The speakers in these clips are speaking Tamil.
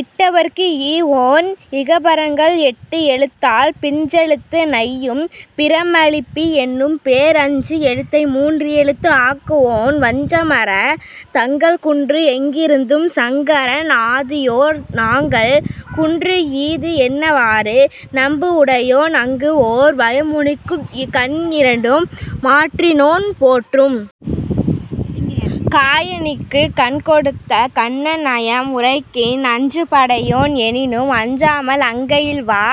இட்டவருக்கு ஈவோன் இகபரங்கள் எட்டு எழுத்தால் பிஞ்செழுத்து நையும் பிரமலிபி என்னும் பேர் அஞ்சு எழுத்தை மூன்று எழுத்து ஆக்குவோன் வஞ்சம் அறத் தங்கள் குன்று எங்கிருந்தும் சங்கரன் ஆதியோர் நாங்கள் குன்று ஈது என்னவரு நண்புஉடையோன் அங்கு ஓர் வயமுனிக்குக் கண்இரண்டும் மாற்றினோன் போற்றும் காயனிக்குக் கண்கொடுத்த கண்ணன் நயம் உரைக்கின் அஞ்சுபடையோன் எனினும் அஞ்சாமல் அங்கையில் வா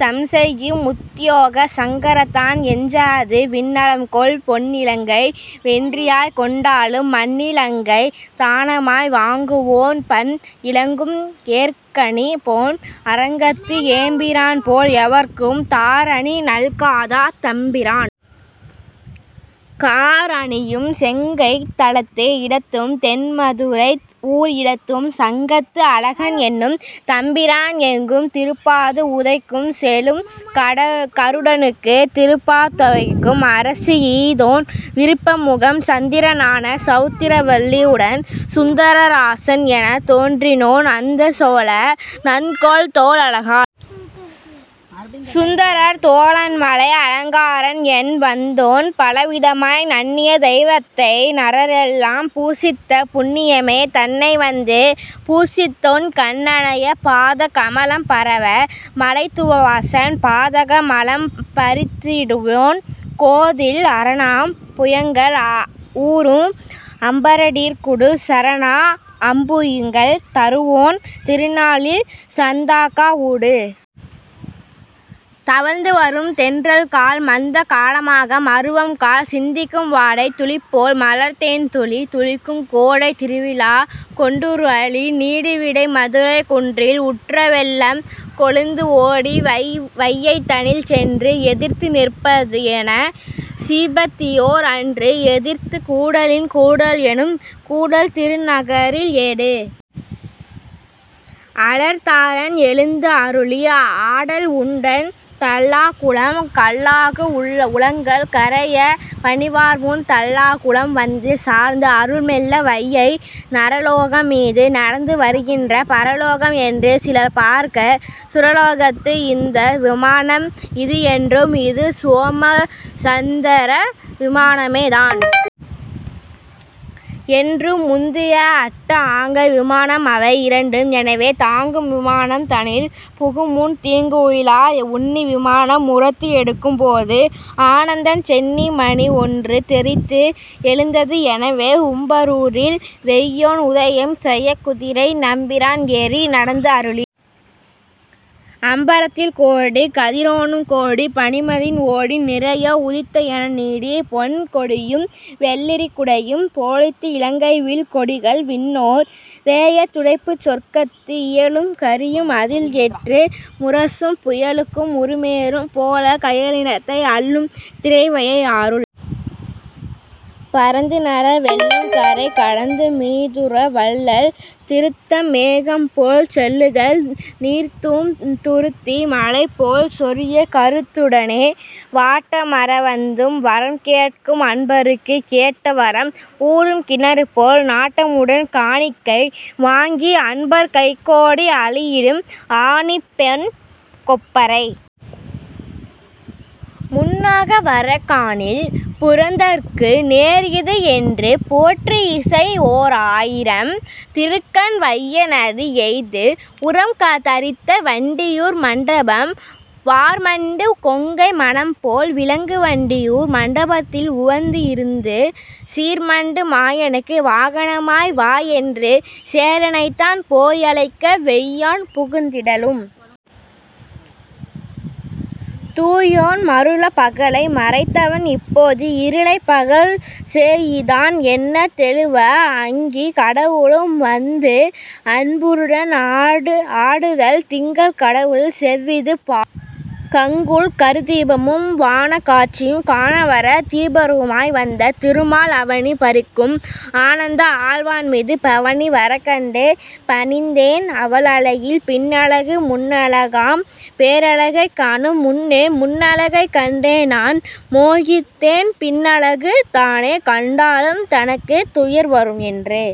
சம்செய்யும் உத்யோகச் சக்கரத்தான் எஞ்சாது விண்நலம்கொள் பொன்இலங்கை வென்றியாய்க் கொண்டாலும் மண்ணில் அங்கைத் தானமாய் வாங்குவோன் பண் இலங்கும் ஏர்கணி பொன் அரங்கத்து எம்பிரான் போல் எவர்க்கும் தார்அணி நல்காத தம்பிரான் கார் அணியும் செங்கைத் தலத்து இடத்தும் தென்மதுரை ஊர் இடத்தும் சங்கத்து அழகன் எனும் தம்பிரான் எங்கும் திருப்பாது உதைக்கும் செழும் கருடனுக்கும் திருப்பாதுகைக்கும் அரசு ஈந்தோன் விருப்பமுகம் சந்திரன் ஆன சவுந்திரவல்லி உடன் சுந்தரராசன் எனத் தோன்றினோன் அந்தம் சொல நல்ங்கொள் தோள் அழகால் சுந்தரத் தோளன்மலை அலங்காரன் என் வந்தோன் பலவிதமாய் நண்ணிய தெய்வத்தை நரர்எல்லாம் பூசித்த புண்ணியமே தன்னைவந்து பூசித்தோன் கண் அனைய பாத கமலம் பரவு மலயத்துவசன் பாதக மலம் பறித்திடுவோன் கோதுஇல் அரணாம் புயங்கள் உறும் அம்பரீடற்குச் சரணா அம்புயங்கள் தருவோன் திருநாளில் சந்தக்கா ஊடு தவழ்ந்து வரும் தென்றல்கால் மந்தக் காலமாக மருவும்கால் சிந்திக்கும் வாடைத் துளிபோல் மலர்த்தேன்துளி துளிக்கும் கோடைத் திருவிழாக் கொண்டுருஅளி நீடு விடைக் மதுரை குன்றில் உற்ற வெள்ளம் கொழுந்துஓடி வையைதனில் சென்று எதிர்த்து நிற்பதுஎனச் சீபதியோர் அன்று எதிர்த்துக் கூடலின் கூடல்எனும் கூடல் திருநகரில் ஏடு அலர் தாரன் எழுந்துஅருளிய ஆடல்உடன் தல்லாகுளம் கல்லாகு உளங்கள் கரையப் பணிவார்முன் தல்லாகுளம் வந்து சார்ந்து அருள் மெல்ல வையை நரலோகம் மீது நடந்து வருகின்ற பரலோகம் என்று சிலர் பார்க்கச் சுரலோகத்து இந்த விமானம் இது என்றும் இது சோமச் சந்த்ர விமானமே தான் என்றும் முந்திய அட்ட ஆங்க விமானம் அவை இரண்டும் எனவே தாங்கு விமானம் தனில் புகுமுன் தீங்குஇலார் உன்னி விமானம் உரத்து எடுக்கும் போது ஆனந்தன் சென்னி மணி ஒன்று தெறித்து எழுந்தது என்னவே உம்பரில் வெய்யோன் உதயம் செயக் குதிரை நம்பிரான் ஏறி நடந்துஅருளி அம்பரத்தில் கோடி கதிரோனும் கோடி பனிமதியும் ஓடி நிறையா உதித்த என நீடிய பொன் கொடியும் வெள்ளிக்குடையும் பொலிந்து இலங்க வில் கொடிகள் விண்ணோர் வெயர் துடைப்பச் சொற்கத்து இயலும் கரியும் அதில் எற்று முரசும் புயலும் உருமேறும் போலக் கயலினத்தை அள்ளும் திரைவையை ஆறுள் பரந்து நர வெள்ளம் கரை கடந்து மீதூர வள்ளல் திருத்தகு மேகம்போல் செல்லுதலால் நீர்தூம் துருத்தி மழைபோல் சொரியக் கருத்துடனே வாட்டம் அற வந்து வரம் கேட்கும் அன்பருக்குக் கேட்ட வரம் ஊறும் கிணறுபோல் நாட்டமுடன் காணிக்கை வாங்கி அன்பர் கைகோடி அள்ளிஇடும் ஆணிப்பொன் கொப்பரை முன்னாக வரக் காணில் புரந்தரற்கு நேர்இது என்று போற்றிஇசைப்ப ஓர்ஆ யிரம் திருக்கண் வையைநதி எய்தி உரம் தரித்த வண்டியூர் மண்டபம் வார்மண்டு கொங்கை மனம்போல் விலங்கு வண்டி யூர் மண்டபத்தில் உவந்து இருந்து சீர்மண்டு மாயனுக்கு வாகனமாய் வாஎன்று சேடனைத்தான் போய்அழைக்க வெய்யோன் புகுந்திடலும் தூயோன் மருளப் பகலை மறைத்தவன் இப்போது இருளைப் பகல் செஇதான் என்னத் தெருளவே அங்கிக் கடவுளும் வந்து அன்பருடன் ஆடுதல்போல் திங்கள் கடவுள் சேவிப்பது போல் கங்குல் கரதீபமும் வாணக் காட்சியும் காண வர தீபரூபமாய் வந்த திருமால் அவனி பரிக்கும் அனந்தஆழ்வான் மீது பவனி வரக்கண்டு பணிந்தேன் அவன் அழகில் பின்னழகு முன்னழகுஆம் பேரழகைக் காணும் முன்னே முன்னழகைக் கண்டே நான் மோகித்தேன் பின்னழகு தானே கண்டாலும் தனக்குத் துயர் வரும் என்று।